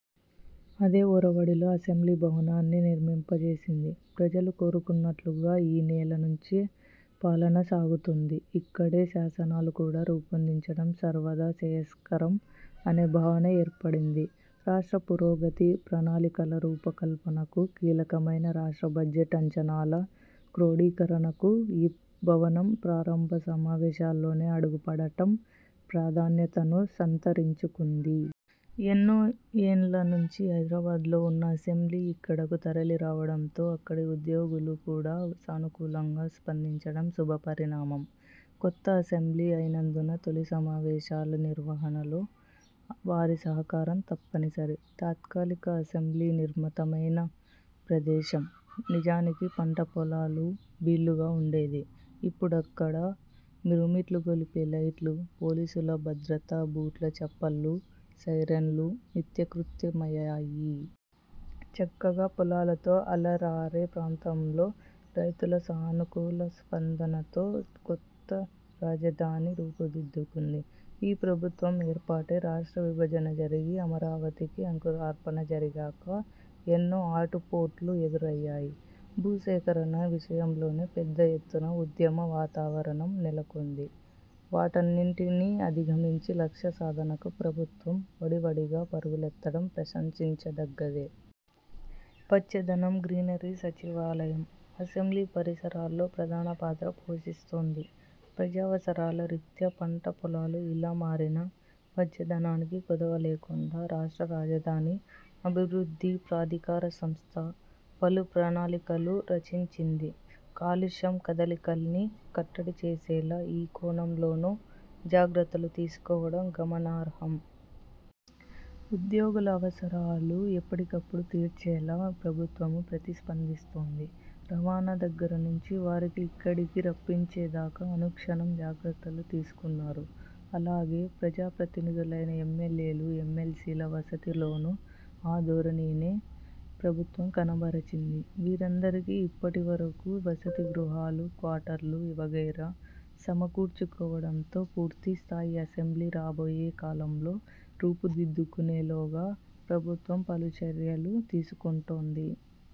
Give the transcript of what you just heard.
అదే ఒరవడిలో అసెంబ్లీ భవనాన్ని నిర్మింపచేసింది. ప్రజలు కోరుకున్నట్లుగా ఈ నేల నుంచే పాలన సాగుతోంది. ఇక్కడే శాసనాలు కూడా రూపొందించడం సర్వదా శ్రేయస్కరం అనే భావన ఏర్పడింది. రాష్ట్ర పురోగతి, ప్రణాళికల రూపకల్పనకు కీలకమైన రాష్ట్ర బడ్జెట్ అంచనాల క్రోడీకరణకు ఈ భవనం ప్రారంభ సమావేశాల్లోనే అడుగుపడటం ప్రాధాన్యతను సంతరించుకుంది. ఎన్నో ఏళ్ల నుంచి హైదరాబాద్లో ఉన్న అసెంబ్లీ ఇక్కడకు తరలిరావడంతో అక్కడి ఉద్యోగులు కూడా సానుకూలంగా స్పందించడం శుభపరిణామం. కొత్త అసెంబ్లీ అయినందున తొలి సమావేశాల నిర్వహణలో వారి సహకారం తప్పనిసరి. తాత్కాలిక అసెంబ్లీ నిర్మితమైన ప్రదేశం నిజానికి పంట పొలాలు, బీళ్లుగా ఉండేది. ఇప్పుడక్కడ మిరుమిట్లుగొలిపే లైట్లు, పోలీసుల భద్రతా బూట్ల చప్పళ్లు, సైరన్లు నిత్యకృత్యమయ్యాయి. చక్కగా పొలాలతో అలరారే ప్రాంతంలో రైతుల సానుకూల స్పందనతో కొత్త రాజధాని రూపుదిద్దుకుంది. ఈ ప్రభుత్వం ఏర్పాటై రాష్ట్ర విభజన జరిగి, అమరావతికి అంకురార్పణ జరిగాక ఎన్నో ఆటుపోట్లు ఎదురయ్యాయి. భూసేకరణ విషయంలోనే పెద్ద ఎత్తున ఉద్యమ వాతావరణం నెలకొంది. వాటన్నింటినీ అధిగమించి లక్ష్య సాధనకు ప్రభుత్వం వడివడిగా పరుగులెత్తడం ప్రశంసించదగ్గదే. పచ్చదనం గ్రీనరీ సచివాలయం, అసెంబ్లీ పరిసరాల్లో ప్రధాన పాత్ర పోషిస్తోంది. ప్రజావసరాల రీత్యా పంట పొలాలు ఇలా మారినా పచ్చదనానికి కొదవ లేకుండా రాష్ట్ర రాజధాని అభివృద్ధి ప్రాధికార సంస్థ పలు ప్రణాళికలు రచించింది. కాలుష్యం కదలికల్ని కట్టడి చేసేలా ఈ కోణంలోనూ జాగ్రత్తలు తీసుకోవడం గమనార్హం. ఉద్యోగుల అవసరాలు ఎప్పటికప్పుడు తీర్చేలా ప్రభుత్వమూ ప్రతిస్పందిస్తోంది. రవాణా దగ్గరనుంచి వారిని ఇక్కడికి రప్పించేదాకా అనుక్షణం జాగ్రత్తలు తీసుకున్నారు. అలాగే, ప్రజా ప్రతినిధులైన ఎమ్మెల్యేలు, ఎమ్మెల్సీల వసతిలోనూ ఆ ధోరణినే ప్రభుత్వం కనబరచింది. వీరందరికీ ఇప్పటికిప్పుడు వసతి గృహాలు, క్వార్టర్లు వగైరా సమకూర్చుకోవడంతో, పూర్తి స్థాయి అసెంబ్లీ రాబోయే కాలంలో రూపుదిద్దుకొనే లోగా ప్రభుత్వం పలు చర్యలు తీసుకుంటోంది.